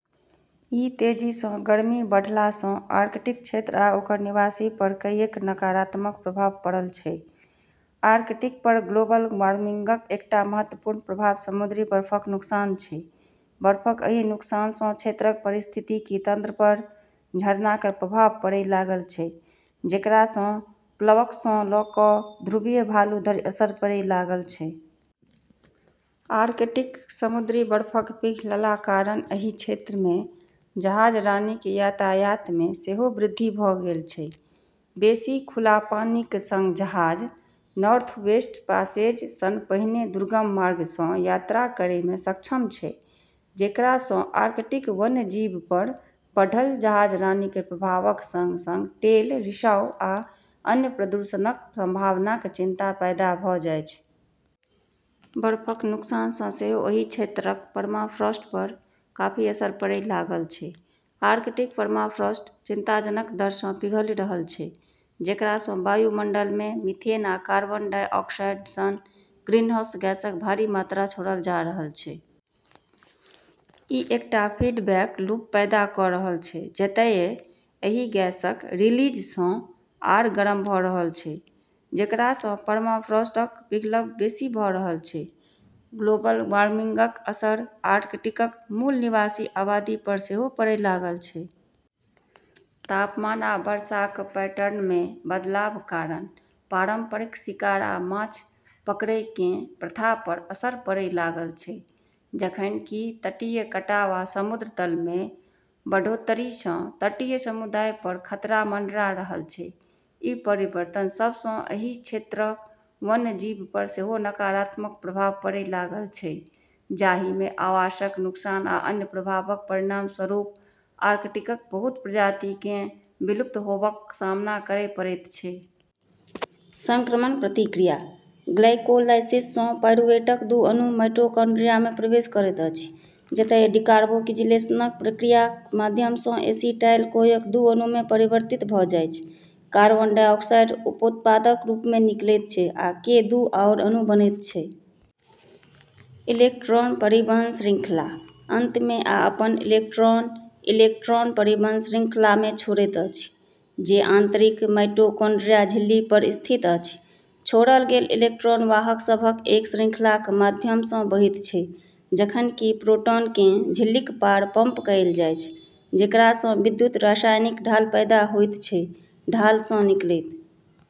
ई तेजीसँ गर्मी बढ़लासँ आर्कटिक क्षेत्र आ ओकर निवासीपर कईएक नकारात्मक प्रभाव पड़ल छै। आर्कटिकपर ग्लोबल वार्मिंगक एकटा महत्वपूर्ण प्रभाव समुद्री बर्फक नुकसान छै। बर्फक एहि नुकसानसँ क्षेत्रक पारिस्थितिकी तंत्रपर झरनाक प्रभाव पड़ै लागल छै, जेकरासँ प्लवकसँ लऽ कऽ ध्रुवीय भालू धरि असर पड़ै लागल छै। आर्कटिक समुद्री बर्फक पिघलला कारण एहि क्षेत्रमे जहाजरानीक यातायातमे सेहो वृद्धि भऽ गेल छै। बेसि खुला पानीक संग जहाज नॉर्थवेस्ट पासेज सन पहिने दुर्गम मार्गसँ यात्रा करैमे सक्षम छै, जेकरासँ आर्कटिक वन्यजीवपर बढ़ल जहाजरानीक प्रभावक संग-संग तेल रिसाव आ अन्य प्रदूषणक संभावनाक चिंता पैदा भऽ जाइछ। बर्फक नुकसानसँ सेहो एहि क्षेत्रक परमाफ्रॉस्टपर काफी असर पड़ै लागल छै। आर्कटिक पर्माफ्रॉस्ट चिंताजनक दरसँ पिघलि रहल छै, जेकरासँ वायुमंडलमे मीथेन आ कार्बन डाइऑक्साइड सन ग्रीनहाउस गैसक भारी मात्रा छोड़ल जा रहल छै। ई एकटा फीडबैक लूप पैदा कऽ रहल छै, जतए एहि गैसक रिलीजसँ आर गरम भऽ रहल छै, जेकरासँ परमाफ्रॉस्टक पिघलब बेसि भऽ रहल छै। ग्लोबल वार्मिंगक असर आर्कटिकक मूल निवासी आबादीपर सेहो पड़ै लागल छै। तापमान आ वर्षाक पैटर्नमे बदलाव कारण पारंपरिक शिकार आ माछ पकड़ैकेँ प्रथापर असर पड़ै लागल छै, जखन कि तटीय कटाव आ समुद्र तलमे बढ़ोत्तरीसँ तटीय समुदायपर खतरा मँडरा रहल छै। ई परिवर्तन सभसँ एहि क्षेत्रक वन्यजीवपर सेहो नकारात्मक प्रभाव पड़ै लागल छै, जाहिमे आवासक नुकसान आ अन्य प्रभावक परिणामस्वरूप आर्कटिकक बहुत प्रजातिकेँ विलुप्त होबक सामना करै पड़ैत छै। संक्रमण प्रतिक्रिया: ग्लाइकोलाइसिससँ पाइरुवेटक दू अणु माइटोकॉन्ड्रियामे प्रवेश करैत अछि, जतए डिकार्बोक्जिलेशनक प्रक्रियाक माध्यमसँ एसिटाइल-कोएक दू अणुमे परिवर्तित भऽ जाइछ। कार्बन डाइऑक्साइड उपोत्पादक रूपमे निकलैत छै, आ के दू आओर अणु बनैत छै। इलेक्ट्रॉन परिवहन श्रृंखला: अंतमे आ अपन इलेक्ट्रॉन इलेक्ट्रॉन परिवहन श्रृंखलामे छोड़ैत अछि, जे आंतरिक माइटोकॉन्ड्रिया झिल्लीपर स्थित अछि। छोड़ल गेल इलेक्ट्रॉन वाहक सभक एक श्रृंखलाक माध्यमसँ बहैत छै, जखन कि प्रोटॉनकेँ झिल्लीक पार पंप कएल जाइछ, जेकरासँ विद्युत रासायनिक ढाल पैदा होइत छै। ढालसँ निकलैत--